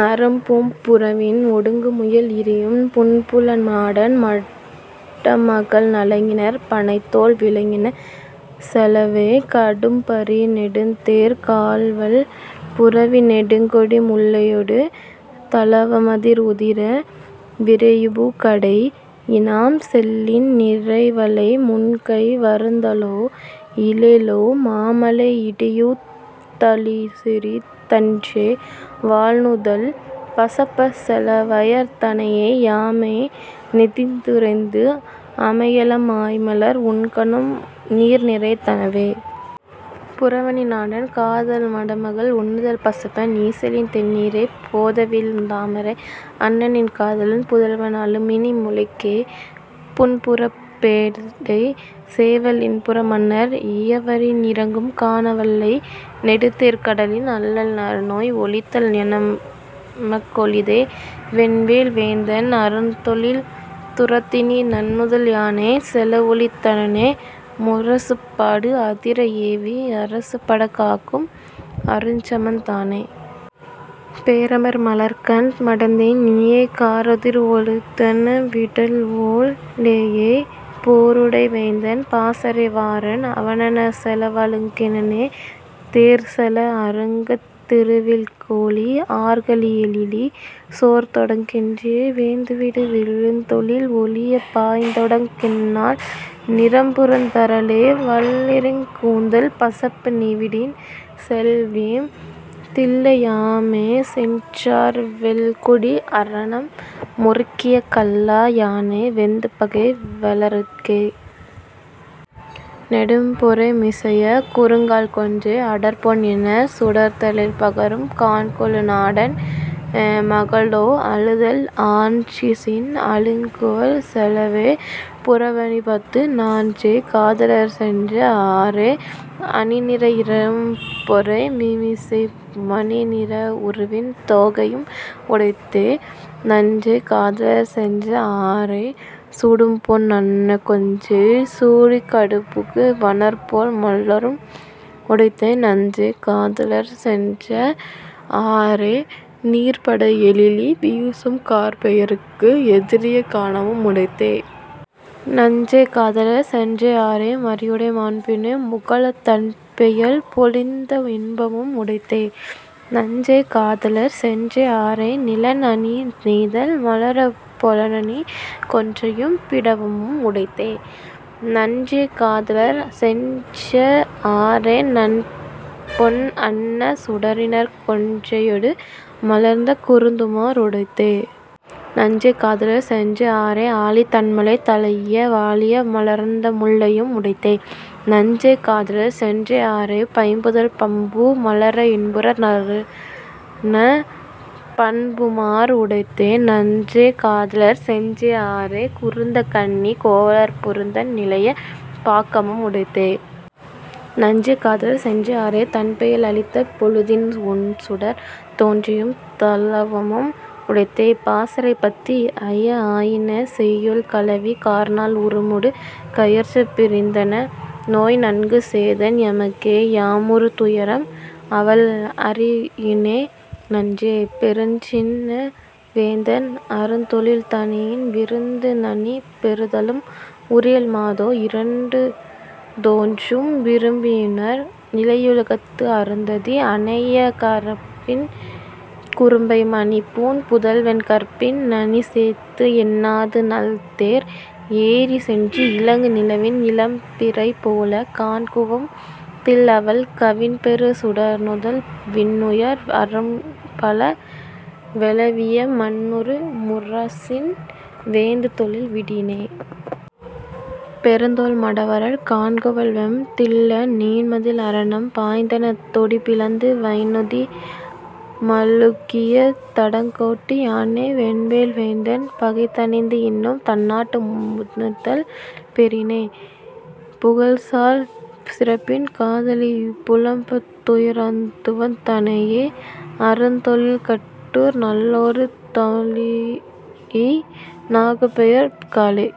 நறும்பூம் புறவின் ஒடுங்குமுயல் இரியும் புன்புல நாடன் மடமகள் நலங்கினர் பணைத்தோள் விலங்கின செலவே. கடும்பரி நெடுந்தேர்க் கால்வல் புரவி நெடுங்கொடி முல்லையொடு தளவமதிர் உதிர விரையுபு கடை இநாம் செல்லின் நிரைவளை முன்கை வருந்தலோ இலளோ மாமலை இடியூஉத் தளீசெரிந் தன்றே வாள்நுதல் பசப்பச் செலவயர்ந் தனையே யாமே நிந்துறந்து அமையலம் ஆய்மலர் உண்கணும் நீர்நிறைந் தனவே. புறவணி நாடன் காதல் மடமகள் ஒண்ணுதல் பசப்ப நீசெலின் தெண்ணீர்ப் போதவிழ் தாமரை அன்னநின் காதலன் புதல்வன் அழும்இனி முலைக்கே புன்புறப் பேடை சேவல் இன்புற மன்னர் இயவரின் இரங்கும் கானம் வல்லை நெடுந்தேர் கடவின் அல்லல் அருநோய் ஒழித்தல் எமக் கெளிதே. வென்வேல் வேந்தன் அருந்தொழில் துறந்தினி நன்னுதல் யானே செலஒழிந் தனனே முரசுபாடு அதிர ஏவி அரசுபடக் காக்கும் அருஞ்சமத் தானே. பேரமர் மலர்க்கண் மடந்தை நீயே காரெதிர் ஒழுதென விடல்ஒல் லாயே போருடை வேந்தன் பாசறை வாரான் அவனெனச் செலவழுங் கினனே. தேர்செல அழுங்கத் திருவில் கோலி ஆர்கலி எழிலி சோர்தொடங் கின்றே வேந்துவிடு விழுத்தொழில் ஒழிய யாந்தொடங் கின்னால் நின்புரந் தரலே. பல்லிருங் கூந்தல் பசப்பு நீவிடின் செல்வேம் தில்ல யாமே செற்றார் வெல்கொடி அரணம் முருக்கிய கல்லா யானை வெந்துபகை வெலற்கே. நெடும்பொறை மிசைய குறுங்கால் கொன்றை அடர்பொன் என்னச் சுடரிதழ் பகரும் கான்கெழு நாடன் மகளோ அழுதல் ஆன்றிசின் அழுங்குவல் செலவே..புறவணிப் பத்து நன்றே காதலர் சென்ற ஆறே அணிநிற இரும்பொறை மீமிசை மணிநிற உருவின தோகையும் உடைத்தே. நன்றே காதலர் சென்ற ஆறே சுடுபொன் அன்ன கொன்றை சூடிக் கடிபுகு வனர்போல் மள்ளரும் உடைத்தே நன்றே காதலர் சென்ற ஆறே நீர்ப்பட எழிலி வீசும் கார்ப்பெயற்கு எதிரிய கானமும் உடைத்தே. நன்றே காதலர் சென்ற ஆறே மறியுடை மாண்பிணை உகளத் தண்பெயல் பொழிந்த இன்பமும் உடைத்தே. நன்றே காதலர் சென்ற ஆறே நிலன் அணி நெய்தல் மலரப் பொலன்அணி கொன்றையும் பிடவமும் உடைத்தே. நன்றே காதலர் சென்ற ஆறே நன்பொன் அன்ன சுடரிணர்க் கொன்றையொடு மலர்ந்த குருந்துமா ருடைத்தே. நன்றே காதலர் சென்ற ஆறே ஆலித் தண்மழை தலைஇய வாலிய மலர்ந்த முல்லையும் உடைத்தே. நன்றே காதலர் சென்ற ஆறே பைம்புதல் பம்பூ மலர இன்புறத் தருந பண்புமார் உடைத்தே. நன்றே காதலர் சென்ற ஆறே குருந்தக் கண்ணிக் கோவலர் பெருந்தண் நிலைய பாக்கமும் உடைத்தே. நன்றே காதலர் சென்ற ஆறே தன்பெயல் அளித்த பொழுதின் ஒண்சுடர்த் தோன்றியும் தளவமும் உடைத்தே.. பாசறைப் பத்து ஐய ஆயின செய்யோள் களவி கார்நாள் உருமொடு கையறப் பிரிந்தென நோய் நன்கு செய்தன் எமக்கே யாம்உறு துயரம் அவள் அறியினோ நன்றே. பெருஞ்சின வேந்தன் அருந்தொழில் தணியின் விருந்து நனி பெறுதலும் உரியள் மாதோ இருண்டு தோன்றும் விசும்பினுயர் நிலையுலகத்து அருந்ததி அனைய கற்பின் குரும்பை மணிப்பூண் புதல்வன் கற்பின் நனிசேத்து என்னாது நல்தேர் ஏறிச்சென்று இலங்கு நிலவின் இளம்பிறை போலக் காண்குவம் தில்அவள் கவின்பெறு சுடர்நுதல் விண்ணுயர் அரண்பல வெளவிய மண்ணுறு முரசின் வேந்துதொழில் விடினே. பெருந்தோள் மடவரல் காண்குவெம் தில்ல நீண்மதில் அரணம் பாய்ந்தெனத் தொடிபிளந்து வைந்நுதி மழுகிய தடங்கோட்டு யானை வென்வேல் வேந்தன் பகைதணிந்து இன்னும் தன்னாட்டு முன்னுதல் பெறினே. புகழ்சால் சிறப்பின் காதலி புலம்பத் துராந்துவந் தனையே அருந்தொழில் கட்டூர் நல்லேறு தழீஇ நாகுபெயர் காலை